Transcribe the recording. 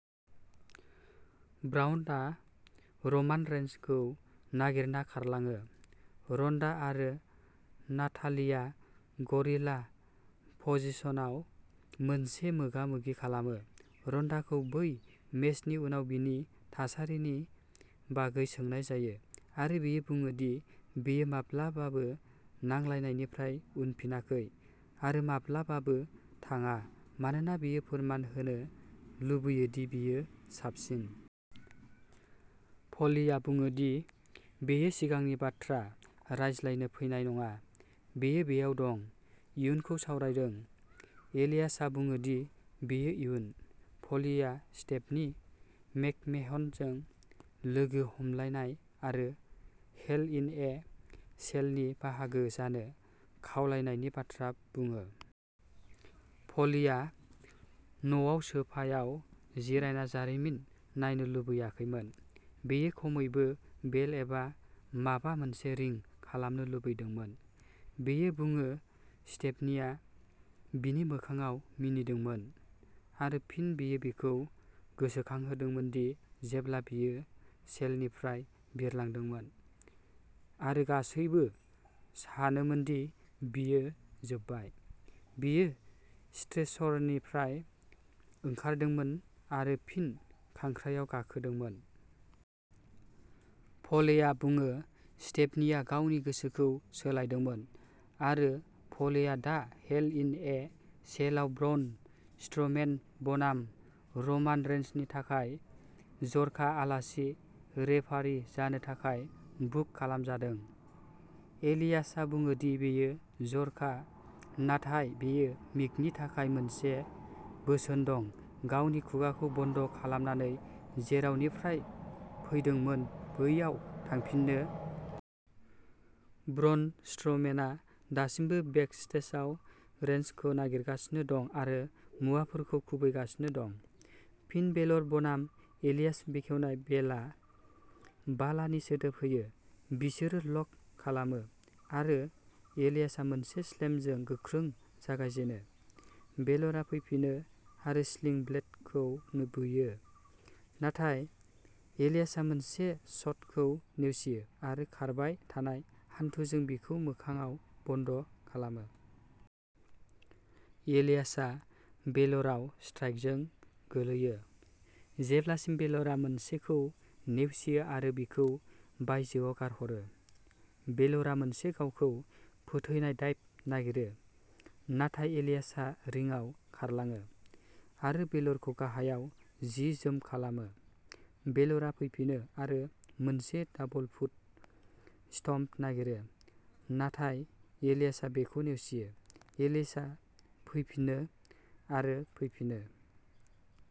ब्राउनआ रमान रेइन्सखौ नागिरना खारलाङो। रन्डा आरो नातालिया गरिला पजिशनाव मोनसे मोगा-मोगि खालामो। रन्डाखौ बै मेचनि उनाव बिनि थासारिनि बागै सोंनाय जायो आरो बियो बुङो दि बियो माब्लाबाबो नांलायनायनिफ्राय उनफिनाखै आरो माब्लाबाबो थाङा। मानोना बियो फोरमान होनो लुबैयो दि बियो साबसिन। फ'लीया बुङो दि बियो सिगांनि बाथ्रा रायज्लायनो फैनाय नङा, बियो बेयाव दं। इयुनखौ सावरायदों। एलियासआ बुङो दि बियो इयुन। फ'लिआ स्टेफनी मैकमेहनजों लोगो हमलायनाय आरो हेल इन ए सेलनि बाहागो जानो खावलायनायनि बाथ्रा बुङो। फ'लिआ न'आव सोफायाव जिरायना जारिमिन नायनो लुबैयाखैमोन। बियो खमैबो बेल एबा माबा मोनसे रिं खालामनो लुबैदोंमोन। बियो बुङो स्टेफनीआ बिनि मोखांआव मिनिदोंमोन आरो फिन बियो बिखौ गोसोखांहोदोंमोन दि जेब्ला बियो सेलनिफ्राय बिरलांदोंमोन आरो गासैबो सानोमोन दि बियो जोबबाय। बियो स्ट्रेचरनिफ्राय ओंखारदोंमोन आरो फिन खांख्रायाव गाखोदोंमोन। फ'लेआ बुङो स्टेफनीआ गावनि गोसोखौ सोलायदोंमोन आरो फ'लेआ दा हेल इन ए सेलआव ब्रौन स्ट्र'मेन बनाम रमान रेइन्सनि थाखाय जर'खा आलासि रेफारि जानो थाखाय बुक खालामजादों। एलियासआ बुङो दि बेयो जर'खा, नाथाय बियो मिकनि थाखाय मोनसे बोसोन दं। गावनि खुगाखौ बन्द' खालामनानै जेरावनिफ्राय फैदोंमोन बैयाव थांफिननो। ब्रौन स्ट्र'मेनआ दासिमबो बेकस्टेजआव रेइन्सखौ नागिरगासिनो दं आरो मुवाफोरखौ खुबैगासिनो दं। फिन बेलर बनाम एलियास बेखेवनाय बेलआ बालानि सोदोब होयो, बिसोरो लक खालामो आरो एलियासआ मोनसे स्लेमजों गोख्रों जागायजेनो। बेलरआ फैफिनो आरो स्लिं ब्लेडखौ बुयो। नाथाय एलियासआ मोनसे शटखौ नेवसियो आरो खारबाय थानाय हान्थुजों बिखौ मोखांआव बन्द' खालामो। एलियासआ बेलरआव स्ट्राइकजों गोलैयो जेब्लासिम बेलरआ मोनसेखौ नेवसियो आरो बिखौ बायजोआव गारहरो। बेलरआ मोनसे गावखौ फोथैनाय डाइभ नागिरो। नाथाय एलियासआ रिंआव खारलाङो आरो बेलरखौ गाहायाव जि जोम खालामो। बेलरआ फैफिनो आरो मोनसे डाबल फुट स्टम्प नागिरो। नाथाय एलियासआ बेखौ नेवसियो। एलियासआ फैफिनो आरो फैफिनो।